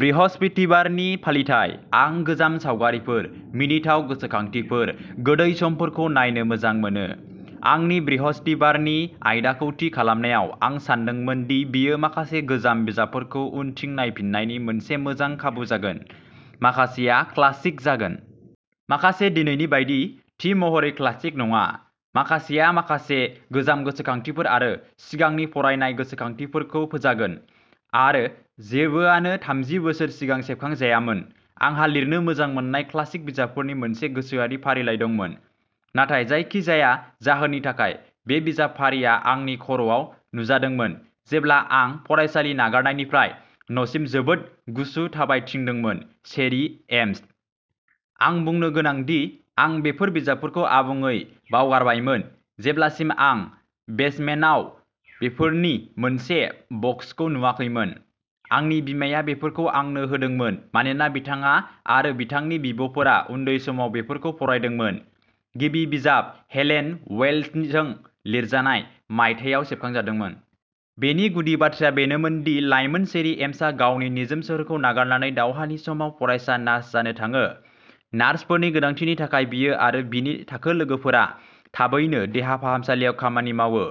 बृहस्पतिबारनि फालिथाय। आं गोजाम सावगारिफोर, मिनिथाव गोसोखांथिफोर, गोदै समफोरखौ नायनो मोजां मोनो। आंनि बृहस्पतिबारनि आयदाखौ थि खालामनायाव, आं सानदोंमोन दि बेयो माखासे गोजाम बिजाबफोरखौ उनथिं नायफिन्नायनि मोनसे मोजां खाबु जागोन। माखासेआ क्लासिक जागोन। माखासे दिनैनि बायदि, थि महरै क्लासिक नङा। माखासेया माखासे गोजाम गोसोखांथिफोर आरो सिगांनि फरायनाय गोसोखांथिफोरखौ फोजागोन। आरो जेबोआनो थामजि बोसोर सिगां सेबखांजायामोन। आंहा लिरनो मोजां मोन्नाय क्लासिक बिजाबफोरनि मोनसे गोसोआरि फारिलाइ दंमोन, नाथाय जायखिजाया जाहोननि थाखाय, बे बिजाब फारिआ आंनि खर'आव नुजादोंमोन जेब्ला आं फरायसालि नागारनायनिफ्राय न'सिम जोबोद गुसु थाबायथिंदोंमोन चेरी एम्स। आं बुंनो गोनां दि आं बेफोर बिजाबफोरखौ आबुङै बावगारबायमोन जेब्लासिम आं बेसमेन्टाव बेफोरनि मोनसे बक्सखौ नुवाखैमोन। आंनि बिमाया बेफोरखौ आंनो होदोंमोन मानोना बिथाङा आरो बिथांनि बिब'फोरा उन्दै समाव बेफोरखौ फरायदोंमोन। गिबि बिजाब, हेलेन वेल्सजों लिरजानाय, मायथाइयाव सेबखांजादोंमोन। बेनि गुदि बाथ्राया बेनोमोन दि लाइमोन चेरी एम्सआ गावनि निजोम सोहोरखौ नागारनानै दावहानि समाव फरायसा नार्स जानो थाङो। नार्सफोरनि गोनांथिनि थाखाय, बियो आरो बिनि थाखो लोगोफोरा थाबैनो देहा फाहामसालियाव खामानि मावो,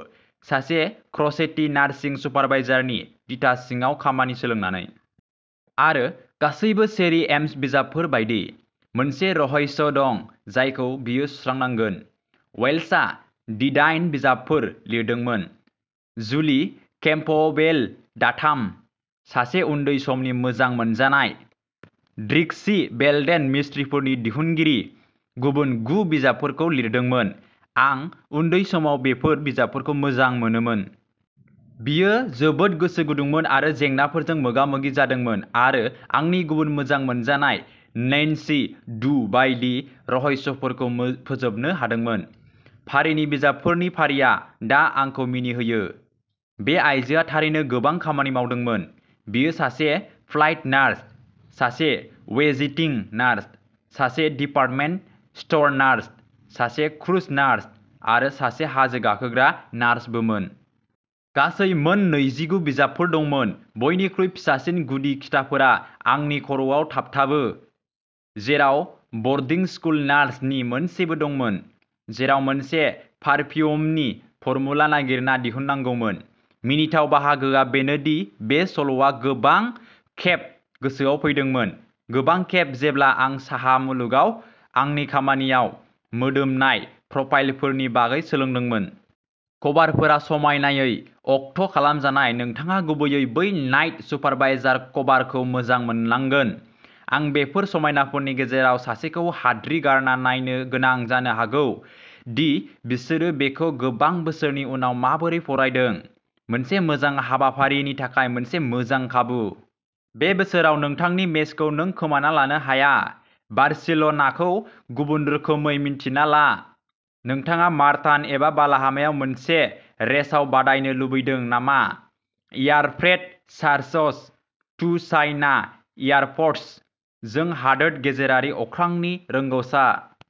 सासे क्र'चेटी नार्सिं सुपारभाइजारनि दिथा सिङाव खामानि सोलोंनानै। आरो, गासैबो चेरी एम्स बिजाबफोर बायदि, मोनसे रहस्य दं जायखौ बियो सुस्रांनांगोन। वेल्सआ दिदाइन बिजाबफोर लिरदोंमोन। जुलि कैम्पबेल टाथाम, सासे उन्दै समनि मोजां मोनजानाय, ट्रिक्सी बेल्डेन मिस्ट्रिफोरनि दिहुनगिरि, गुबुन गु बिजाबफोरखौ लिरदोंमोन। आं उन्दै समाव बेफोर बिजाबफोरखौ मोजां मोनोमोन। बियो जोबोद गोसो गुदुंमोन आरो जेंनाफोरजों मोगा-मोगि जादोंमोन आरो आंनि गुबुन मोजां मोनजानाय नैन्सी ड्रू बायदि, रहस्यफोरखौ मो फोजोबनो हादोंमोन। फारिनि बिजाबफोरनि फारिया दा आंखौ मिनिहोयो। बे आइजोआ थारैनो गोबां खामानि मावदोंमोन। बियो सासे फ्लाइट नार्स, सासे विजिटिं नार्स, सासे डिपार्टमेन्ट स्ट'र नार्स, सासे क्रुज नार्स, आरो सासे हाजो गाखोग्रा नार्सबोमोन। गासै मोन नैजिगु बिजाबफोर दंमोन। बयनिख्रुइ फिसासिन गुदि खिथाफोरा आंनि खर'आव थाबथाबो, जेराव बर्डिं स्कुल नार्स नि मोनसेबो दंमोन, जेराव मोनसे पारफिउमनि फर्मुला नागिरना दिहुननांगौमोन। मिनिथाव बाहागोआ बेनो दि बे सल'आ गोबां खेब गोसोआव फैदोंमोन, गोबां खेब जेब्ला आं साहा मुलुगाव आंनि खामानियाव मोदोमनाय प्रफाइलफोरनि बागै सोलोंदोंमोन। कभारफोरा समायनायै अक्ट' खालामजानाय नोंथाङा गुबैयै बै नाइट सुपारभाइजार कभारखौ मोजां मोननांगोन। आं बेफोर समायनाफोरनि गेजेराव सासेखौ हाद्रि गारना नायनो गोनां जानो हागौ दि बिसोरो बेखौ गोबां बोसोरनि उनाव माबोरै फरायदों। मोनसे मोजां हाबाफारिनि थाखाय मोनसे मोजां खाबु! बे बोसोराव नोंथांनि मेचखौ नों खोमाना लानो हाया बार्सिल'नाखौ गुबुन रोखोमै मिन्थिना ला। नोंथाङा मारथान एबा बालाहामायाव मोनसे रेसाव बादायनो लुबैदों नामा air freight charges to China airports. जों हादोर गेजेरारि अख्रांनि रोंग'सा।